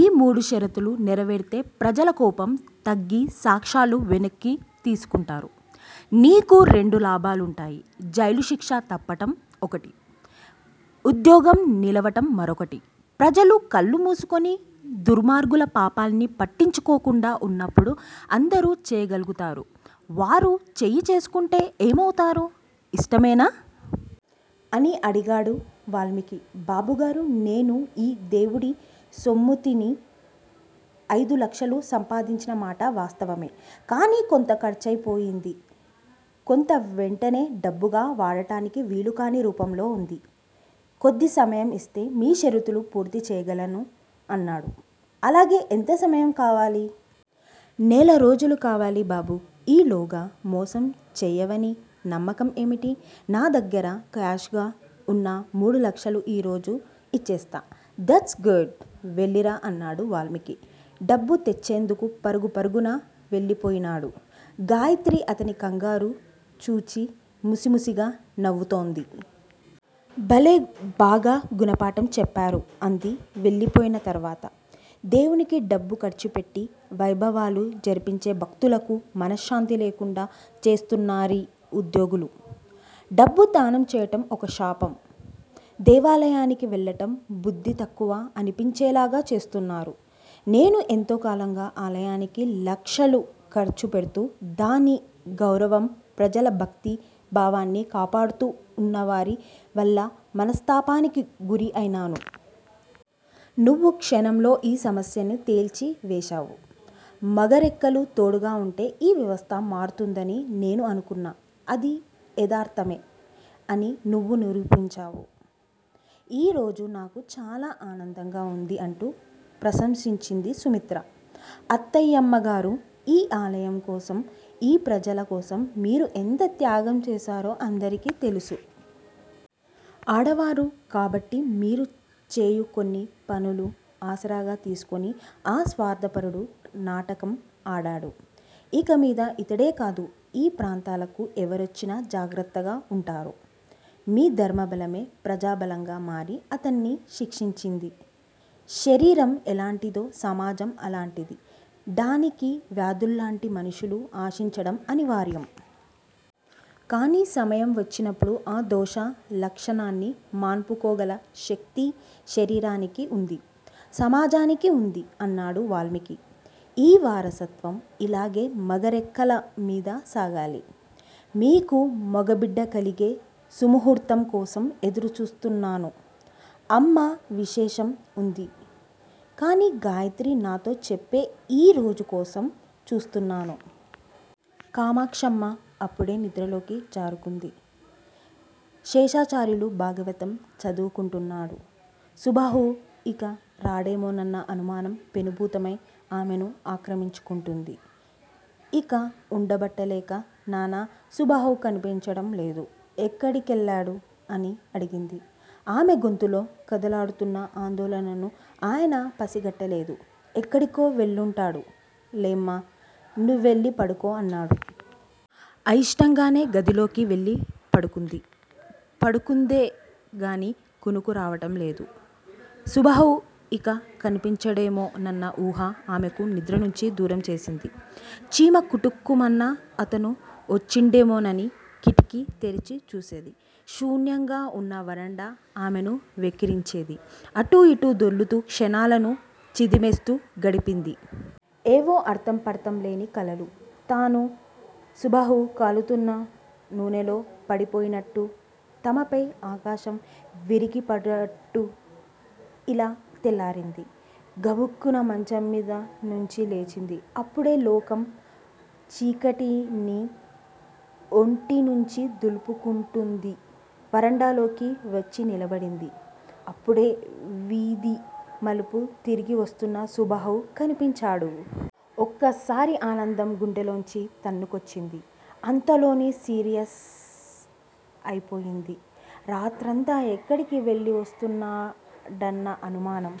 ఈ మూడు షరతులు నెరవేరితే ప్రజల కోపం తగ్గి సాక్ష్యాలు వెనక్కి తీసుకుంటారు. నీకు రెండు లాభాలుంటాయి. జైలుశిక్ష తప్పటం ఒకటి. ఉద్యోగం నిలవటం మరొకటి! ప్రజలు కళ్ళు మూసుకుని దుర్మార్గుల పాపాల్ని పట్టించుకోకుండా ఉన్నప్పుడు అందరూ చేయగలుగుతారు. వారు చేయి చేసుకుంటే ఏమవుతారు. ఇష్టమేనా? అని అడిగాడు వాల్మీకి. బాబుగారూ! నేను ఈ దేవుడి సొమ్ముతిని అయిదు లక్షలు సంపాదించిన మాట వాస్తవమే! కాని కొంత ఖర్చయిపోయింది. కొంత వెంటనే డబ్బుగా వాడటానికి వీలుకాని రూపంలో ఉంది. కొద్ది సమయం ఇస్తే మీ షరతులు పూర్తి చేయగలను అన్నాడు. అలాగే ఎంత సమయం కావాలి! నెలరోజులు కావాలి బాబూ! ఈలోగా మోసం చేయవని నమ్మకం ఏమిటి? నా దగ్గర కాష్ గా ఉన్న మూడు లక్షలు ఈరోజు ఇచ్చేస్తా! దట్స్ గుడ్ వెళ్ళిరా అన్నాడు వాల్మీకి. డబ్బు తెచ్చేందుకు పరుగు పరుగున వెళ్ళిపోయినాడు. గాయత్రి అతని కంగారు చూచి ముసిముసిగా నవ్వుతోంది. భలే బాగా గుణపాఠం చెప్పారు అంది వెళ్ళిపోయిన తరువాత! దేవునికి డబ్బు ఖర్చుపెట్టి వైభవాలు జరిపించే భక్తులకు మనశ్శాంతి లేకుండా చేస్తున్నారీ ఉద్యోగులు. డబ్బు దానం చేయటం ఒక శాపం దేవాలయానికి వెళ్ళటం బుద్ధి తక్కువ అనిపించేలాగా చేస్తున్నారు! నేను ఎంతో కాలంగా ఆలయానికి లక్షలు ఖర్చు పెడుతూ దాని గౌరవం ప్రజలభక్తి భావాన్ని కాపాడుతూ ఉన్నవారి వల్ల మనస్తాపానికి గురి అయినాను. నువ్వు క్షణంలో ఈ సమస్యని తేల్చి వేశావు. మగ రెక్కలు తోడుగా ఉంటే ఈ వ్యవస్థ మారుతుందని నేను అనుకున్నా అది యదార్ధమే అని నువ్వు నిరూపించావు. ఈ రోజు నాకు చాల ఆనందంగా ఉంది అంటూ ప్రశంసించింది సుమిత్ర. అత్తాయమ్మగారూ! ఈ ఆలయం కోసం ఈ ప్రజల కోసం మీరు ఎంత త్యాగం చేశారో అందరికి తెలుసు! ఆడవారు కాబట్టి మీరు చేయు కొన్ని పనులు ఆసరాగా తీసుకుని అ స్వార్ధపరుడు నాటకం ఆడాడు! ఇకమీద ఇతడేకాదు. ఈ ప్రాంతాలకు ఎవరొచ్చినా జాగ్రత్తగా ఉంటారు. మీ ధర్మబలమే ప్రజాబలంగా మారి అతన్ని శిక్షించింది. శరీరం ఎలాంటిదో సమాజం అలాంటిది. డానికి వ్యాధుల్లాంటి మనుషులు ఆశించటం అనివార్యం! కాని సమయం వచ్చినప్పుడు ఆ దోష లక్షణాన్ని మాన్పుకోగల శక్తి శరీరానికీ ఉంది. సమాజానికీ ఉంది! అన్నాడు వాల్మీకి. ఈ వారసత్వం ఇలాగే మగ రెక్కలమీద సాగాలి! మీకు మగబిడ్డకలిగే సుముహూర్తం కోసం ఎదురు చూస్తున్నాను. అమ్మా విశేషం ఉంది కాని గాయత్రి నాతో చెప్పే ఈరోజు కోసం చూస్తున్నాను. కామాక్షమ్మ అప్పుడే నిద్రలోకి జారుకుంది. శేషాచార్యులు భాగవతం చదువుకుంటున్నాడు. సుబాహు ఇక రాడేమోనన్న అనుమానం పెనుభూతమై ఆమెను ఆక్రమించుకుంటోంది. ఇక వుండబట్టలేక నాన్నా! సుబాహు కనిపించడం లేదు. ఎక్కడికెళ్ళాడు? అని అడిగింది. ఆమె గొంతులో కదలాడుతున్న ఆందోళనను ఆయన పసిగట్టలేదు. ఎక్కడికో వెళ్ళుంటాడు లేమ్మా. నువ్వెళ్ళి పడుకో అన్నాడు. అయిష్టంగానే గదిలోకి వెళ్ళిపడుకుంది. పడుకుందేగాని కునుకు రావడం లేదు. సుబాహు ఇక కనిపించడేమో నన్న ఊహ ఆమెకు నిద్ర నుంచి దూరం చేసింది. చీమ కుటుక్కుమన్నా అతను వచ్చేడేమోనని కిటికీ తెరిచి చూసేది. శూన్యంగా వున్న వరండా ఆమెను వెక్కిరించేది. అటూ, ఇటూ దొర్లుతూ క్షణాలను చిదిమేస్తూ గడిపింది. ఏవో అర్థం పర్థం లేని కలలు- తనూ, సుబాహు కాలుతున్న నూనెలో పడిపోయినట్టు- తమపై ఆకాశం విరిగిపడ్డట్టూ- ఇలా తెల్లారింది. గబుక్కున మంచం మీద నుంచి లేచింది. అప్పుడే లోకం చీకటిని ఒంటి నుంచి దులుపుకుంటోంది. వరండాలోకి వచ్చి నిలబడింది. అప్పుడే వీధి మలుపు తిరిగి వస్తున్న సుబాహు కనిపించాడు. ఒక్కసారి ఆనందం గుండెలోంచి తన్నుకొచ్చింది. అంతలోనే సీరియస్ అయిపోయింది. రాత్రంతా ఎక్కడికి వెళ్ళివస్తున్నాడన్న అనుమానం